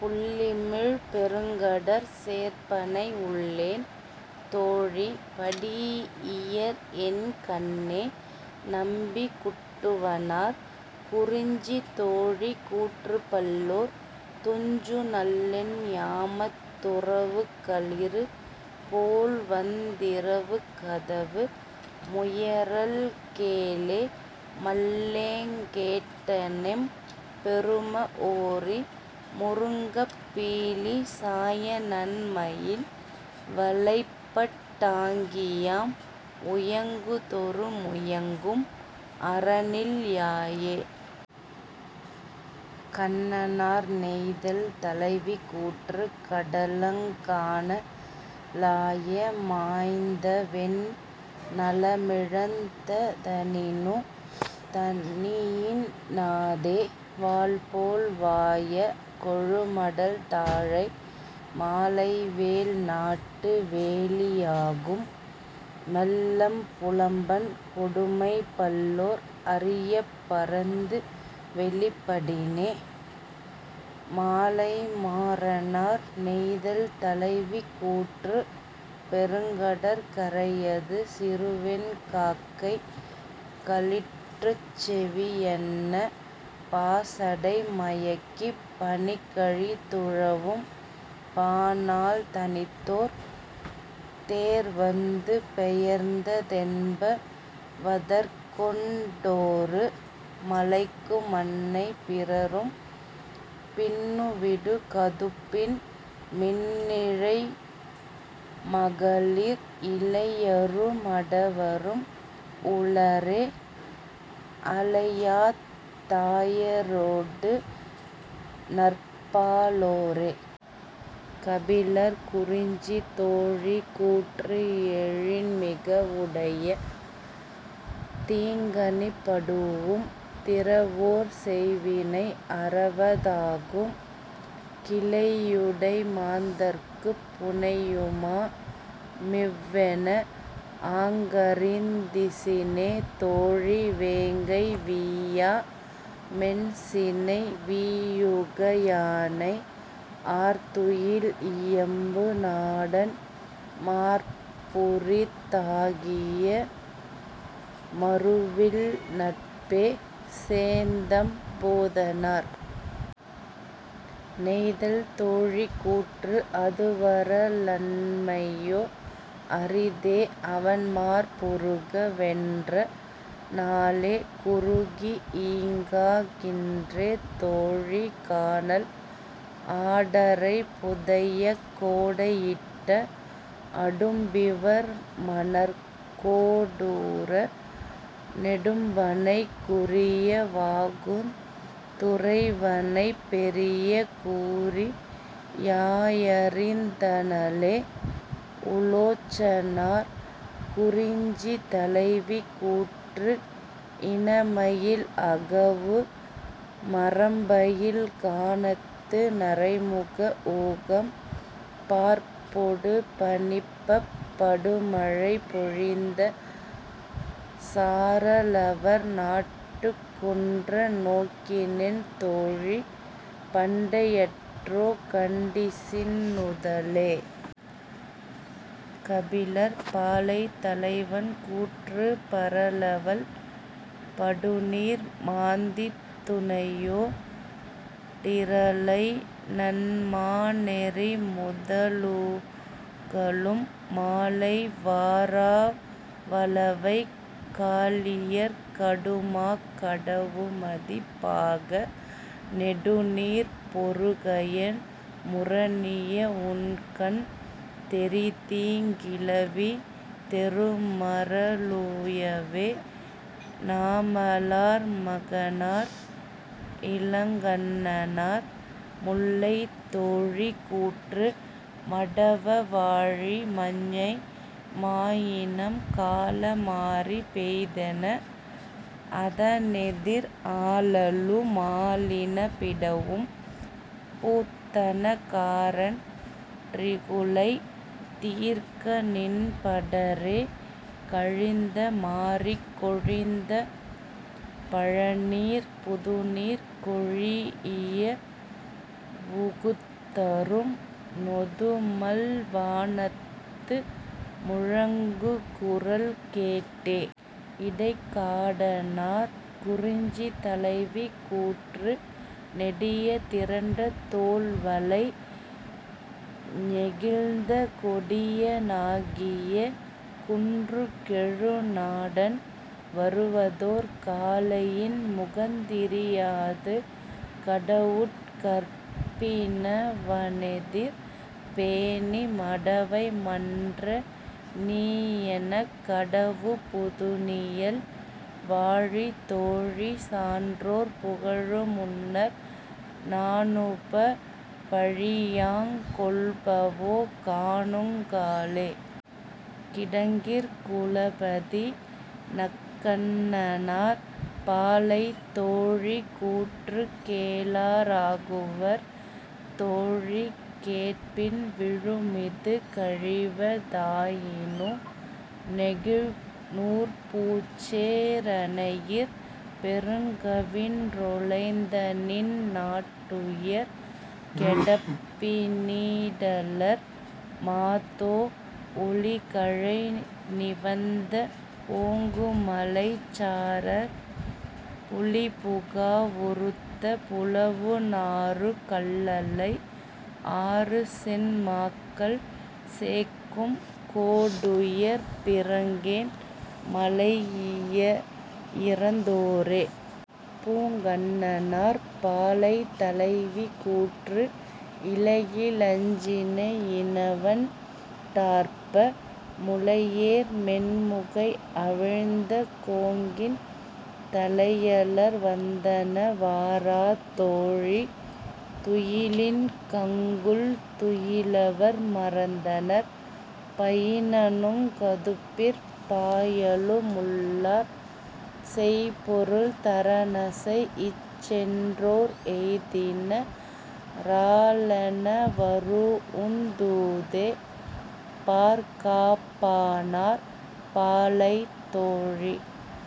புள்ளிமிழ் பெருங்கடற் சேர்ப்பனை உள்ளேன் தோழி படீஇயர்என் கண்ணே. -நம்பி குட்டுவனார்.. குறிஞ்சி தோழி கூற்று பல்லோர் துஞ்சு நள்ளென் யாமத் துரவுக்களிறு போல்வந் திரவுக்கதவு முயறல் கேளே மல்லேங் கேட்டனெம் பெரும ஓரி முருங்கப் பீலி சாய நன்மயில் வலைப்பட் டாங்கியாம் உயங்குதொறு முயங்கும் அறனில் யாயே. -கண்ணனார்.. நெய்தல் தலைவி கூற்று கடலங் கான லாய மாய்ந்தவென் நலமிழந் ததனினு நனியின் னாதே வாள்போல் வாய கொழுமடல் தாழை மாலைவேல் நாட்டு வேலி யாகும் மெல்லம் புலம்பன் கொடுமை பல்லோர் அறியப் பரந்துவௌிப் படினே. -மாலைமாறனார்.. நெய்தல் தலைவி கூற்று பெருங்கடற் கரையது சிறுவெண் காக்கை களிற்றுச்செவி யன்ன பாசடை மயக்கிப் பனிக்கழி துழவும் பானாள் தனித்தோர் தேர்வந்து பெயர்ந்த தென்ப வதற்கொண் டோரு மலைக்கு மன்னை பிறரும் பின்னுவிடு கதுப்பின் மின்னிழை மகளிர் இளையரு மடவரும் உளரே அலையாத் தாயரொடு நற்பா லோரே. -கபிலர்.. குறிஞ்சி தோழி கூற்று எழின்மிக வுடைய தீங்கணிப் படூஉம் திறவோர் செய்வினை அறவ தாகும் கிளையுடை மாந்தர்க்குப் புணையுமா மிவ்வென ஆங்கறிந் திசினே தோழி வேங்கை வீயா மென்சினை வீயுக யானை ஆர்துயில் இயம்பு நாடன் மார்புரித் தாகிய மறுவில் நட்பே. -சேந்தம் பூதனார்.. நெய்தல் தோழி கூற்று அதுவர லன்மையோ அரிதே அவன்மார் புறுக வென்ற நாளே குறுகி ஈங்கா கின்றே தோழி கானல் ஆடரை புதையக் கோடை யிட்ட அடும்பிவர் மணற்கோ டூர நெடும்பனைக் குறிய வாகுந் துறைவனைப் பெரிய கூறி யாயறிந் தனளே. -உலோச்சனார்.. குறிஞ்சி தலைவி கூற்று இனமயில் அகவு மரம்பயில் கானத்து நரைமுக ஊகம் பார்ப்பொடு பனிப்பப் படுமழை பொழிந்த சாரலவர் நாட்டுக் குன்ற நோக்கினென் தோழி பண்டை யற்றோ கண்டிசின் நுதலே. -கபிலர்.. பாலை தலைவன் கூற்று பரலவல் படுநீர் மாந்தித் துணையோ டிரலை நன்மா னெறிமுத லுகளும் மாலை வாரா வளவைக் காலியற் கடுமாக் கடவுமதி பாக நெடுநீர்ப் பொருகயன் முரணிய உண்கண் தெரிதீங் கிளவி தெருமர லுயவே. -நாமலார் மகனார் இளங்கண்ணனார்.. முல்லை தோழி கூற்று மடவ வாழி மஞ்ஞை மாயினம் கால மாரி பெய்தென அதனெதிர் ஆலலு மாலின பிடவும் பூத்தன காரன் றிகுளை தீர்கநின் படரே கழிந்த மாரிக் கொழிந்த பழநீர் புதுநீர் கொளீஇய வுகுத்தரும் நொதுமல் வானத்து முழங்குகுரல் கேட்டே. -இடைக்காடனார்.. குறிஞ்சி தலைவி கூற்று நெடிய திரண்ட தோள்வளை ஞெகிழ்ந்த கொடிய னாகிய குன்றுகெழு நாடன் வருவதோர் காலை யின்முகந் திரியாது கடவுட் கற்பி னவனெதிர் பேணி மடவை மன்ற நீயெனக் கடவுபு துனியல் வாழி தோழி சான்றோர் புகழு முன்னர் நாணுப பழியாங் கொல்பவோ காணுங் காலே. -கிடங்கிற் குலபதி நக்கண்ணனார்.. பாலை தோழி கூற்று கேளா ராகுவர் தோழி கேட்பின் விழுமிது கழிவ தாயினு நெகிழ் நூற் பூச்சே ரணையிற் பெருங்கவின் றொலைந்தநின் நாட்டுயர் கெடப்பி னீடலர் மாதோ ஒலிகழை நிவந்த ஓங்குமலைச் சாரற் புலிபுகா வுறுத்த புலவுநாறு கல்லளை ஆறுசென் மாக்கள் சேக்கும் கோடுயர் பிறங்கன் மலையிறந் தோரே. -பூங்கண்ணனார்.. பாலை தலைவி கூற்று இலையி லஞ்சினை யினவண் டார்ப்ப முலையேர் மென்முகை அவிழ்ந்த கோங்கின் தலையலர் வந்தன வாரா தோழி துயிலின் கங்குல் துயிலவர் மறந்தனர் பயினறுங் கதுப்பிற் பாயலு முள்ளார் செய்பொருள் தரனசைஇச் சென்றோர் எய்தின ராலென வரூஉந் தூதே. -பார்காப்பானார்.. பாலை தோழி